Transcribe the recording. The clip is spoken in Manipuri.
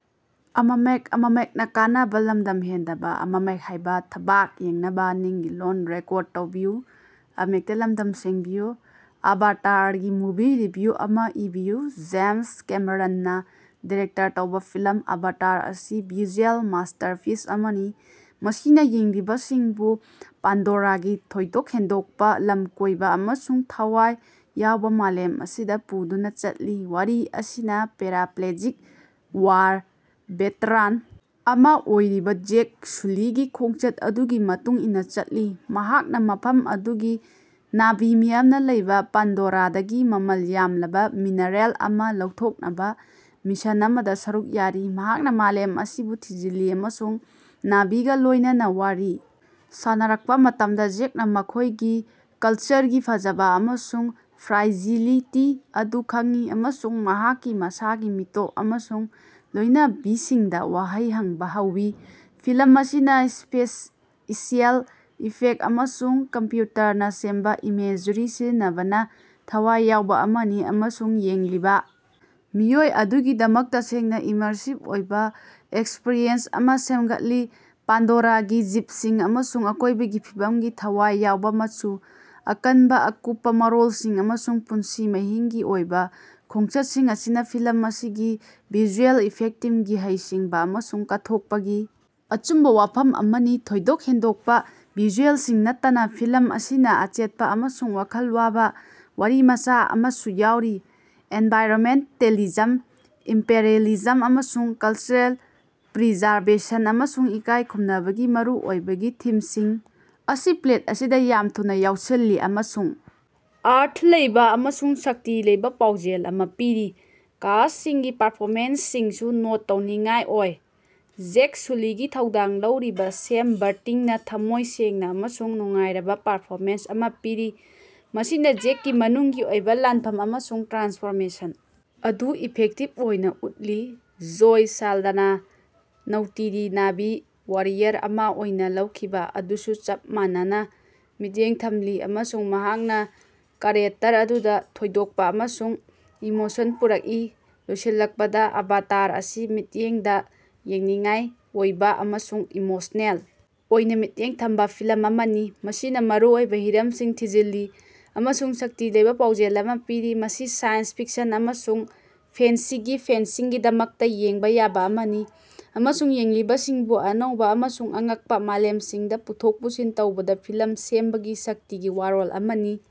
ꯑꯕꯥꯇꯥꯔꯒꯤ ꯃꯨꯚꯤ ꯔꯤꯚꯤꯌꯨ ꯑꯃꯥ ꯏꯕꯤꯌꯨ꯫ ꯖꯦꯝꯁ ꯀꯦꯃꯦꯔꯟꯅꯥ ꯗꯤꯔꯦꯛꯇꯔ ꯇꯧꯕꯥ ꯐꯤꯂꯝ ꯑꯚꯥꯇꯥꯔ ꯑꯁꯤ ꯚꯤꯖꯨꯑꯦꯜ ꯃꯥꯁꯇꯔꯄꯤꯁ ꯑꯃꯅꯤ ꯃꯁꯤꯅꯥ ꯌꯦꯡꯂꯤꯕꯁꯤꯡꯕꯨ ꯄꯥꯟꯗꯣꯔꯥꯒꯤ ꯊꯣꯏꯗꯣꯛ ꯍꯦꯟꯗꯣꯛꯄꯥ, ꯂꯝꯀꯣꯏꯕꯥ ꯑꯃꯁꯨꯡ ꯊꯋꯥꯏ ꯌꯥꯎꯕꯥ ꯃꯥꯂꯦꯝ ꯑꯁꯤꯗꯥ ꯄꯨꯗꯨꯅꯥ ꯆꯠꯂꯤ꯫ ꯋꯥꯔꯤ ꯑꯁꯤꯅꯥ ꯄꯦꯔꯥꯄ꯭ꯂꯦꯖꯤꯛ ꯋꯥꯔ ꯚꯦꯇꯔꯥꯟ ꯑꯃꯥ ꯑꯣꯏꯔꯤꯕꯥ ꯖꯦꯛ ꯁꯨꯂꯤꯒꯤ ꯈꯣꯡꯆꯠ ꯑꯗꯨꯒꯤ ꯃꯇꯨꯡ ꯏꯟꯅꯥ ꯆꯠꯂꯤ, ꯃꯍꯥꯛꯅꯥ ꯃꯐꯝ ꯑꯗꯨꯒꯤ ꯅꯥꯚꯤ ꯃꯤꯌꯥꯝꯅꯥ ꯂꯩꯕꯥ ꯄꯥꯟꯗꯣꯔꯥꯗꯒꯤ ꯃꯃꯜ ꯌꯥꯝꯂꯕꯥ ꯃꯤꯅꯔꯦꯜ ꯑꯃꯥ ꯂꯧꯊꯣꯛꯅꯕꯥ ꯃꯤꯁꯟ ꯑꯃꯗꯥ ꯁꯔꯨꯛ ꯌꯥꯔꯤ꯫ ꯃꯍꯥꯛꯅꯥ ꯃꯥꯂꯦꯝ ꯑꯁꯤꯕꯨ ꯊꯤꯖꯤꯜꯂꯤ ꯑꯃꯁꯨꯡ ꯅꯥꯚꯤꯒꯥ ꯂꯣꯏꯅꯅꯥ ꯋꯥꯔꯤ ꯁꯥꯟꯅꯔꯛꯄꯥ ꯃꯇꯝꯗꯥ, ꯖꯦꯛꯅꯥ ꯃꯈꯣꯏꯒꯤ ꯀꯜꯆꯔꯒꯤ ꯐꯖꯕꯥ ꯑꯃꯁꯨꯡ ꯐ꯭ꯔꯥꯏꯖꯤꯂꯤꯇꯤ ꯑꯗꯨ ꯈꯪꯏ ꯑꯃꯁꯨꯡ ꯃꯍꯥꯛꯀꯤ ꯃꯁꯥꯒꯤ ꯃꯣꯇꯤꯞ ꯑꯃꯁꯨꯡ ꯂꯣꯏꯅꯕꯤꯁꯤꯡꯗꯥ ꯋꯥꯍꯪ ꯍꯪꯕꯥ ꯍꯧꯏ꯫ ꯐꯤꯂꯝ ꯑꯁꯤꯅꯥ ꯁ꯭ꯄꯦꯁꯤꯑꯦꯜ ꯏꯐꯦꯛ ꯑꯃꯁꯨꯡ ꯀꯝꯄ꯭ꯌꯨꯇꯔꯅꯥ ꯁꯦꯝꯕꯥ ꯏꯃꯦꯖꯔꯤ ꯁꯤꯖꯤꯟꯅꯕꯅꯥ ꯊꯋꯥꯏ ꯌꯥꯎꯕꯥ ꯑꯃꯅꯤ ꯑꯃꯁꯨꯡ ꯌꯦꯡꯂꯤꯕꯥ ꯃꯤꯑꯣꯏ ꯑꯗꯨꯒꯤꯗꯃꯛ ꯇꯁꯦꯡꯅꯥ ꯏꯃꯔꯁꯤꯞ ꯑꯣꯏꯕꯥ ꯑꯦꯛꯁꯄ꯭ꯔꯤꯌꯦꯟꯁ ꯑꯃꯥ ꯁꯦꯝꯒꯠꯂꯤ꯫ ꯄꯥꯟꯗꯣꯔꯥꯒꯤ ꯖꯤꯕꯁꯤꯡ ꯑꯃꯁꯨꯡ ꯑꯀꯣꯏꯕꯒꯤ ꯐꯤꯕꯝꯒꯤ ꯊꯋꯥꯏ ꯌꯥꯎꯕꯥ ꯃꯆꯨ, ꯑꯀꯟꯕꯥ ꯑꯀꯨꯞꯄꯥ ꯃꯔꯣꯜꯁꯤꯡ ꯑꯃꯁꯨꯡ ꯄꯨꯟꯁꯤ ꯃꯍꯤꯡꯒꯤ ꯑꯣꯏꯕꯥ ꯈꯣꯡꯆꯠꯁꯤꯡ ꯑꯁꯤꯅꯥ ꯐꯤꯂꯝ ꯑꯁꯤꯒꯤ ꯚꯤꯖꯨꯑꯦꯜ ꯏꯐꯦꯛ ꯇꯤꯝꯒꯤ ꯍꯩꯁꯤꯡꯕꯥ ꯑꯃꯁꯨꯡ ꯀꯠꯊꯣꯛꯄꯒꯤ ꯑꯆꯨꯝꯕꯥ ꯋꯥꯐꯝ ꯑꯃꯅꯤ꯫ ꯊꯣꯏꯗꯣꯛ ꯍꯦꯟꯗꯣꯛꯄꯥ ꯚꯤꯖꯨꯑꯦꯜꯁꯤꯡ ꯅꯠꯇꯅꯥ ꯐꯤꯂꯝ ꯑꯁꯤꯅꯥ ꯑꯆꯦꯠꯄꯥ ꯑꯃꯁꯨꯡ ꯋꯥꯈꯜ ꯋꯥꯕꯥ ꯋꯥꯔꯤꯃꯆꯥ ꯑꯃꯁꯨ ꯌꯥꯎꯔꯤ꯫ ꯑꯦꯟꯚꯥꯏꯔꯟꯃꯦꯟꯇꯦꯂꯤꯖꯝ, ꯏꯝꯄꯦꯔꯦꯂꯤꯖꯝ ꯑꯃꯁꯨꯡ ꯀꯜꯆꯔꯦꯜ ꯄ꯭ꯔꯤꯖꯥꯔꯕꯦꯁꯟ ꯑꯃꯁꯨꯡ ꯏꯀꯥꯏ ꯈꯨꯝꯅꯕꯒꯤ ꯃꯔꯨꯑꯣꯏꯕꯒꯤ ꯊꯤꯝꯁꯤꯡ ꯑꯁꯤ ꯄ꯭ꯂꯦꯠ ꯑꯁꯤꯗꯥ ꯌꯥꯝꯅꯥ ꯊꯨꯅꯥ ꯌꯥꯎꯁꯤꯜꯂꯤ ꯑꯃꯁꯨꯡ ꯑꯔꯊ ꯂꯩꯕꯥ ꯑꯃꯁꯨꯡ ꯁꯛꯇꯤ ꯂꯩꯕꯥ ꯄꯥꯎꯖꯦꯜ ꯑꯃꯥ ꯄꯤꯔꯤ꯫ ꯀꯥꯁꯁꯤꯡꯒꯤ ꯄꯔꯐꯣꯃꯦꯟꯁꯁꯤꯡꯁꯨ ꯅꯣꯠ ꯇꯧꯅꯤꯡꯉꯥꯏ ꯑꯣꯏ꯫ ꯖꯦꯛ ꯁꯨꯂꯤꯒꯤ ꯊꯧꯗꯥꯡ ꯂꯧꯔꯤꯕꯥ ꯁꯦꯝ ꯕꯔꯇꯤꯡꯅꯥ ꯊꯝꯃꯣꯏ ꯁꯦꯡꯅꯥ ꯑꯃꯁꯨꯡ ꯅꯨꯡꯉꯥꯏꯔꯕꯥ ꯄꯔꯐꯣꯃꯦꯟꯁ ꯑꯃꯥ ꯄꯤꯔꯤ, ꯃꯁꯤꯅꯥ ꯖꯦꯛꯀꯤ ꯃꯅꯨꯡꯒꯤ ꯑꯣꯏꯕꯥ ꯂꯥꯟꯐꯝ ꯑꯃꯁꯨꯡ ꯇ꯭ꯔꯥꯟꯁꯐꯣꯔꯃꯦꯁꯟ ꯑꯗꯨ ꯏꯐꯦꯛꯇꯤꯞ ꯑꯣꯏꯅꯥ ꯎꯠꯂꯤ꯫ Zoe Saldana Neytiri, Na'vi warrior ꯑꯃꯥ ꯑꯣꯏꯅꯥ ꯂꯧꯈꯤꯕꯥ ꯑꯗꯨꯁꯨ ꯆꯞ ꯃꯥꯟꯅꯅꯥ ꯃꯤꯠꯌꯦꯡ ꯊꯝꯂꯤ ꯑꯃꯁꯨꯡ ꯃꯍꯥꯛꯅꯥ ꯀꯥꯔꯦꯇꯔ ꯑꯗꯨꯗꯥ ꯊꯣꯏꯗꯣꯛꯄꯥ ꯑꯃꯁꯨꯡ ꯏꯃꯣꯁꯟ ꯄꯨꯔꯛꯏ꯫ ꯂꯣꯏꯁꯤꯜꯂꯛꯄꯗꯥ, ꯑꯕꯥꯇꯥꯔ ꯑꯁꯤ ꯃꯤꯠꯌꯦꯡꯗꯥ ꯌꯦꯡꯅꯤꯡꯉꯥꯏ ꯑꯣꯏꯕꯥ ꯑꯃꯁꯨꯡ ꯏꯃꯣꯁꯅꯦꯜ ꯑꯣꯏꯅꯥ ꯃꯤꯠꯌꯦꯡ ꯊꯝꯕꯥ ꯐꯤꯂꯝ ꯑꯃꯅꯤ, ꯃꯁꯤꯅꯥ ꯃꯔꯨꯑꯣꯏꯕꯥ ꯍꯤꯔꯝꯁꯤꯡ ꯊꯤꯖꯤꯜꯂꯤ ꯑꯃꯁꯨꯡ ꯁꯛꯇꯤ ꯂꯩꯕꯥ ꯄꯥꯎꯖꯦꯜ ꯑꯃꯥ ꯄꯤꯔꯤ꯫ ꯃꯁꯤ ꯁꯥꯏꯟꯁ ꯐꯤꯛꯁꯟ ꯑꯃꯁꯨꯡ ꯐꯦꯟꯁꯤꯒꯤ ꯐꯦꯟꯁꯤꯡꯒꯤꯗꯃꯛꯇꯥ ꯌꯦꯡꯕꯥ ꯌꯥꯕꯥ ꯑꯃꯅꯤ, ꯑꯃꯁꯨꯡ ꯌꯦꯡꯂꯤꯕꯁꯤꯡꯕꯨ ꯑꯅꯧꯕꯥ ꯑꯃꯁꯨꯡ ꯑꯉꯛꯄꯥ ꯃꯥꯂꯦꯝꯁꯤꯡꯗꯥ ꯄꯨꯊꯣꯛ ꯄꯨꯁꯤꯟ ꯇꯧꯕꯗꯥ ꯐꯤꯂꯝ ꯁꯦꯝꯕꯒꯤ ꯁꯛꯇꯤꯒꯤ ꯋꯥꯔꯣꯜ ꯑꯃꯅꯤ꯫